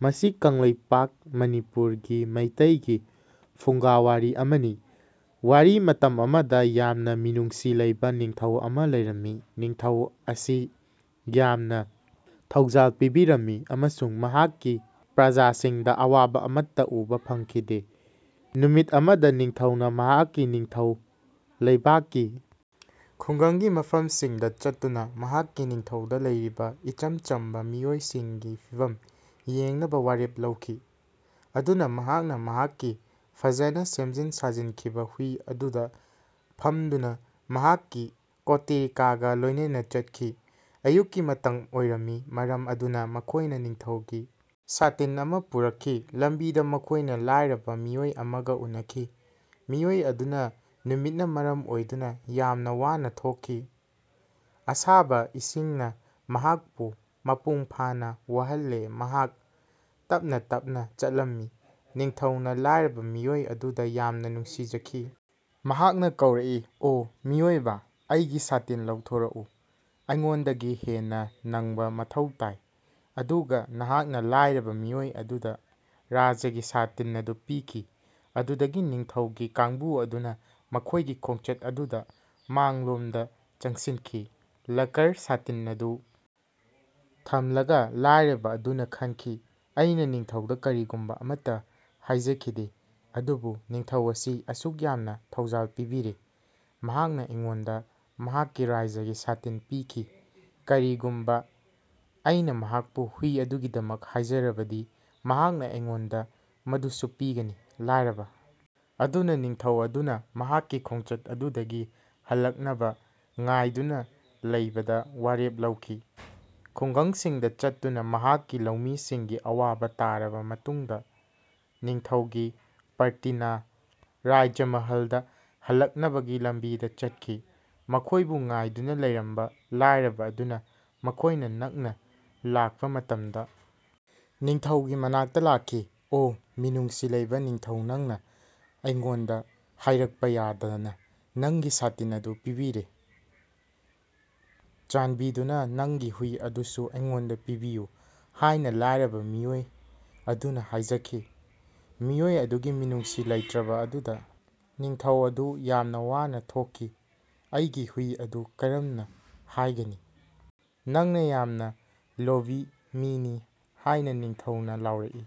ꯃꯁꯤ ꯀꯪꯂꯩꯄꯥꯛ ꯃꯅꯤꯄꯨꯔꯒꯤ ꯃꯩꯇꯩꯒꯤ ꯐꯨꯡꯒꯥꯋꯥꯔꯤ ꯑꯃꯅꯤ꯫ ꯋꯥꯔꯤ ꯃꯇꯝ ꯑꯃꯗꯥ ꯌꯥꯝꯅꯥ ꯃꯤꯅꯨꯡꯁꯤ ꯂꯩꯕꯥ ꯅꯤꯡꯊꯧ ꯑꯃꯥ ꯂꯩꯔꯝꯃꯤ꯫ ꯅꯤꯡꯊꯧ ꯑꯁꯤ ꯌꯥꯝꯅꯥ ꯊꯧꯖꯥꯜ ꯄꯤꯕꯤꯔꯝꯃꯤ ꯑꯃꯁꯨꯡ ꯃꯍꯥꯛꯀꯤ ꯄ꯭ꯔꯖꯥꯁꯤꯡꯗꯥ ꯑꯋꯥꯕꯥ ꯑꯃꯠꯇꯥ ꯎꯕꯥ ꯐꯪꯈꯤꯗꯦ꯫ ꯅꯨꯃꯤꯠ ꯑꯃꯗꯥ ꯅꯤꯡꯊꯧꯅꯥ ꯃꯍꯥꯛꯀꯤ ꯅꯤꯡꯊꯧ ꯂꯩꯕꯥꯛꯀꯤ ꯈꯨꯡꯒꯪꯒꯤ ꯃꯐꯝꯁꯤꯡꯗꯥ ꯆꯠꯇꯨꯅꯥ ꯃꯍꯥꯛꯀꯤ ꯅꯤꯡꯊꯧꯗꯥ ꯂꯩꯔꯤꯕꯥ ꯏꯆꯝ ꯆꯝꯕꯥ ꯃꯤꯑꯣꯏꯁꯤꯡꯒꯤ ꯐꯤꯚꯝ ꯌꯦꯡꯅꯕꯥ ꯋꯥꯔꯦꯞ ꯂꯧꯈꯤ꯫ ꯑꯗꯨꯅꯥ ꯃꯍꯥꯛꯅꯥ ꯃꯍꯥꯛꯀꯤ ꯐꯖꯅꯥ ꯁꯦꯝꯖꯤꯟ ꯁꯥꯖꯤꯟꯈꯤꯕꯥ ꯍꯨꯏ ꯑꯗꯨꯗꯥ ꯐꯝꯗꯨꯅꯥ ꯃꯍꯥꯛꯀꯤ ꯀꯣꯇꯦꯔꯤꯒꯥ ꯂꯣꯏꯅꯅꯥ ꯆꯠꯈꯤ꯫ ꯑꯌꯨꯛꯀꯤ ꯃꯇꯝ ꯑꯣꯏꯔꯝꯃꯤ ꯃꯔꯝ ꯑꯗꯨꯅꯥ ꯃꯈꯣꯏꯅꯥ ꯅꯤꯡꯊꯧꯒꯤ ꯁꯥꯇꯤꯟ ꯑꯗꯨ ꯄꯨꯔꯛꯈꯤ꯫ ꯂꯝꯕꯤꯗꯥ ꯃꯈꯣꯏꯅꯥ ꯂꯥꯏꯔꯕꯥ ꯃꯤꯑꯣꯏ ꯑꯃꯒꯥ ꯎꯅꯈꯤ꯫ ꯃꯤꯑꯣꯏ ꯑꯗꯨ ꯅꯨꯃꯤꯠꯅꯥ ꯃꯔꯝ ꯑꯣꯏꯗꯨꯅꯥ ꯌꯥꯝꯅꯥ ꯋꯥꯅꯥ ꯊꯣꯛꯈꯤ꯫ ꯑꯁꯥꯕꯥ ꯏꯁꯤꯡꯅꯥ ꯃꯍꯥꯛꯄꯨ ꯃꯄꯨꯡ ꯐꯥꯅꯥ ꯋꯥꯍꯜꯂꯦ ꯃꯍꯥꯛ ꯇꯞꯅꯥ ꯇꯞꯅꯥ ꯆꯠꯂꯝꯃꯤ꯫ ꯅꯤꯡꯊꯧꯅꯥ ꯂꯥꯏꯔꯕꯥ ꯃꯤꯑꯣꯏ ꯑꯗꯨꯗꯥ ꯌꯥꯝꯅꯥ ꯅꯨꯡꯁꯤꯖꯈꯤ꯫ ꯃꯍꯥꯛꯅꯥ ꯀꯧꯔꯛꯏ ꯑꯣ ꯃꯤꯑꯣꯏꯕꯥ ꯑꯩꯒꯤ ꯁꯥꯇꯤꯟ ꯂꯧꯊꯣꯛꯎ꯫ ꯑꯩꯉꯣꯟꯗꯒꯤ ꯍꯦꯟꯅꯥ ꯅꯪꯅꯥ ꯃꯊꯧ ꯇꯥꯏ꯫ ꯑꯗꯨꯒꯥ ꯃꯍꯥꯛꯅꯥ ꯂꯥꯏꯔꯕꯥ ꯃꯤꯑꯣꯏ ꯑꯗꯨꯗꯥ ꯔꯥꯖ꯭ꯌꯒꯤ ꯁꯥꯇꯤꯟ ꯑꯗꯨ ꯄꯤꯈꯤ꯫ ꯑꯗꯨꯗꯒꯤ ꯅꯤꯡꯊꯧꯒꯤ ꯀꯥꯡꯕꯨ ꯑꯗꯨꯅꯥ ꯃꯈꯣꯏꯒꯤ ꯈꯣꯡꯆꯠ ꯑꯗꯨꯗꯥ ꯃꯥꯡꯂꯣꯝꯗꯥ ꯆꯪꯁꯤꯟꯈꯤ꯫ ꯂꯛꯀꯔ ꯁꯥꯇꯤꯟ ꯑꯗꯨ ꯊꯝꯂꯒꯥ ꯂꯥꯏꯔꯕꯥ ꯑꯗꯨꯅꯥ ꯈꯟꯈꯤ ꯑꯩꯅꯥ ꯅꯤꯡꯊꯧꯗꯥ ꯀꯔꯤꯒꯨꯝꯕꯥ ꯑꯃꯠꯇꯥ ꯍꯥꯏꯖꯈꯤꯗꯦ꯫ ꯑꯗꯨꯕꯨ ꯅꯤꯡꯊꯧ ꯑꯁꯤ ꯑꯁꯨꯛ ꯌꯥꯝꯅꯥ ꯊꯧꯖꯥꯜ ꯄꯤꯕꯤꯔꯦ ꯃꯍꯥꯛꯅꯥ ꯑꯩꯉꯣꯟꯗꯥ ꯃꯍꯥꯛꯀꯤ ꯔꯥꯖ꯭ꯌꯒꯤ ꯁꯥꯇꯤꯟ ꯄꯤꯈꯤ꯫ ꯀꯔꯤꯒꯨꯝꯕꯥ ꯑꯩꯅꯥ ꯃꯍꯥꯛꯄꯨ ꯍꯨꯏ ꯑꯗꯨꯒꯤꯗꯃꯛ ꯍꯥꯏꯖꯔꯕꯗꯤ ꯃꯍꯥꯛꯅꯥ ꯑꯩꯉꯣꯟꯗꯥ ꯃꯗꯨꯁꯨ ꯄꯤꯒꯅꯤ꯫ ꯂꯥꯏꯔꯕꯥ ꯑꯗꯨꯅꯥ ꯅꯤꯡꯊꯧ ꯑꯗꯨꯅꯥ ꯃꯍꯥꯛꯀꯤ ꯈꯣꯡꯆꯠ ꯑꯗꯨꯗꯒꯤ ꯍꯜꯂꯛꯅꯕꯥ ꯉꯥꯏꯗꯨꯅꯥ ꯂꯩꯅꯕꯥ ꯋꯥꯔꯦꯞ ꯂꯧꯈꯤ꯫ ꯈꯨꯡꯒꯪꯁꯤꯡꯗꯥ ꯆꯠꯇꯨꯅꯥ ꯃꯍꯥꯛꯀꯤ ꯂꯧꯃꯤꯁꯤꯡꯒꯤ ꯑꯋꯥꯕꯥ ꯇꯥꯔꯕꯥ ꯃꯇꯨꯡꯗꯥ ꯅꯤꯡꯊꯧꯒꯤ ꯄꯥꯔꯇꯤꯅꯥ ꯔꯥꯖꯃꯍꯜꯗꯥ ꯍꯜꯂꯛꯅꯕꯒꯤ ꯂꯝꯕꯤꯗꯥ ꯆꯠꯈꯤ꯫ ꯃꯈꯣꯏꯕꯨ ꯉꯥꯏꯗꯨꯅꯥ ꯂꯩꯔꯝꯕꯥ ꯂꯥꯏꯔꯕꯥ ꯑꯗꯨꯅꯥ ꯃꯈꯣꯏꯅꯥ ꯅꯛꯅꯥ ꯂꯥꯛꯄꯥ ꯃꯇꯝꯗꯥ ꯅꯤꯡꯊꯧꯒꯤ ꯃꯅꯥꯛꯇꯥ ꯂꯥꯛꯈꯤ꯫ ꯑꯣ ꯃꯤꯅꯨꯡꯁꯤ ꯂꯩꯕꯥ ꯅꯤꯡꯊꯧ ꯅꯪꯅꯥ ꯑꯩꯉꯣꯟꯗꯥ ꯍꯥꯏꯔꯛꯄꯥ ꯌꯥꯗꯅꯥ ꯅꯪꯒꯤ ꯁꯥꯇꯤꯟ ꯑꯗꯨ ꯄꯤꯕꯤꯔꯦ꯫ ꯆꯥꯟꯕꯤꯗꯨꯅꯥ ꯅꯪꯒꯤ ꯍꯨꯏ ꯑꯗꯨꯁꯨ ꯑꯩꯉꯣꯟꯗꯥ ꯄꯤꯕꯤꯌꯨ ꯍꯥꯏꯅꯥ ꯂꯥꯏꯔꯕꯥ ꯃꯤꯑꯣꯏ ꯑꯗꯨꯅꯥ ꯍꯥꯏꯖꯈꯤ꯫ ꯃꯤꯑꯣꯏ ꯑꯗꯨꯒꯤ ꯃꯤꯅꯨꯡꯁꯤ ꯂꯩꯇ꯭ꯔꯕꯥ ꯑꯗꯨꯗꯥ ꯅꯤꯡꯊꯧ ꯑꯗꯨ ꯌꯥꯝꯅꯥ ꯋꯥꯅꯥ ꯊꯣꯛꯈꯤ꯫ ꯑꯩꯒꯤ ꯍꯨꯏ ꯑꯗꯨ ꯀꯔꯝꯅꯥ ꯍꯥꯏꯒꯅꯤ? ꯅꯪꯅꯥ ꯌꯥꯝꯅꯥ ꯂꯣꯚꯤ ꯃꯤꯅꯤ ꯍꯥꯏꯅꯥ ꯅꯤꯡꯊꯧꯅꯥ ꯂꯥꯎꯔꯛꯏ꯫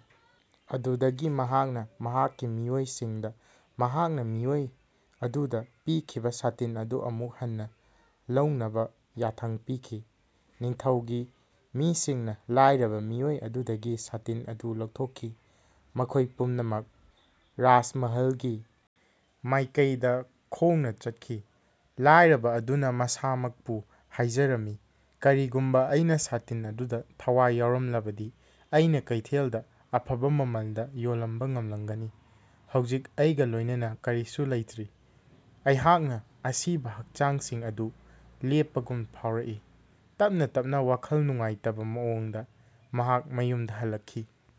ꯑꯗꯨꯗꯒꯤ ꯃꯍꯥꯛꯅꯥ ꯃꯍꯥꯛꯀꯤ ꯃꯤꯑꯣꯏꯁꯤꯡꯗꯥ ꯃꯍꯥꯛꯅꯥ ꯃꯤꯑꯣꯏ ꯑꯗꯨꯗꯥ ꯄꯤꯈꯤꯕꯥ ꯁꯥꯇꯤꯟ ꯑꯗꯨ ꯑꯃꯨꯛ ꯍꯟꯅꯥ ꯂꯧꯅꯕꯥ ꯌꯥꯊꯪ ꯄꯤꯈꯤ꯫ ꯅꯤꯡꯊꯧꯒꯤ ꯃꯤꯁꯤꯡꯅꯥ ꯂꯥꯏꯔꯕꯥ ꯃꯤꯑꯣꯏ ꯑꯗꯨꯗꯒꯤ ꯁꯥꯇꯤꯟ ꯑꯗꯨ ꯂꯧꯊꯣꯛꯈꯤ ꯃꯈꯣꯏ ꯄꯨꯝꯅꯃꯛ ꯔꯥꯖꯃꯍꯜꯒꯤ ꯃꯥꯏꯀꯩꯗꯥ ꯈꯣꯡꯅꯥ ꯆꯠꯈꯤ꯫ ꯂꯥꯏꯔꯕꯥ ꯑꯗꯨꯅꯥ ꯃꯁꯥꯃꯛꯄꯨ ꯍꯥꯏꯖꯔꯝꯃꯤ ꯀꯔꯤꯒꯨꯝꯕꯥ ꯑꯩꯅꯥ ꯁꯥꯇꯤꯟ ꯑꯗꯨꯗꯥ ꯊꯋꯥꯏ ꯌꯥꯎꯔꯝꯂꯕꯗꯤ ꯑꯩꯅꯥ ꯀꯩꯊꯦꯜꯗꯥ ꯑꯐꯕꯥ ꯃꯃꯜꯗꯥ ꯌꯣꯟꯕꯥ ꯉꯝꯂꯝꯒꯅꯤ꯫ ꯍꯧꯖꯤꯛ ꯑꯩꯒꯥ ꯂꯣꯏꯅꯅꯥ ꯀꯔꯤꯁꯨ ꯂꯩꯇ꯭ꯔꯤ꯫ ꯑꯩꯍꯥꯛꯅꯥ ꯑꯁꯤꯕꯥ ꯍꯛꯆꯥꯡꯁꯤꯡ ꯑꯗꯨ ꯂꯦꯛꯄꯒꯨꯝ ꯐꯥꯎꯏ꯫ ꯇꯞꯅꯥ ꯇꯞꯅꯥ ꯋꯥꯈꯜ ꯅꯨꯡꯉꯥꯏꯇꯕꯥ ꯃꯑꯣꯡꯗꯥ ꯃꯍꯥꯛ ꯌꯨꯝꯗꯥ ꯍꯜꯂꯛꯈꯤ꯫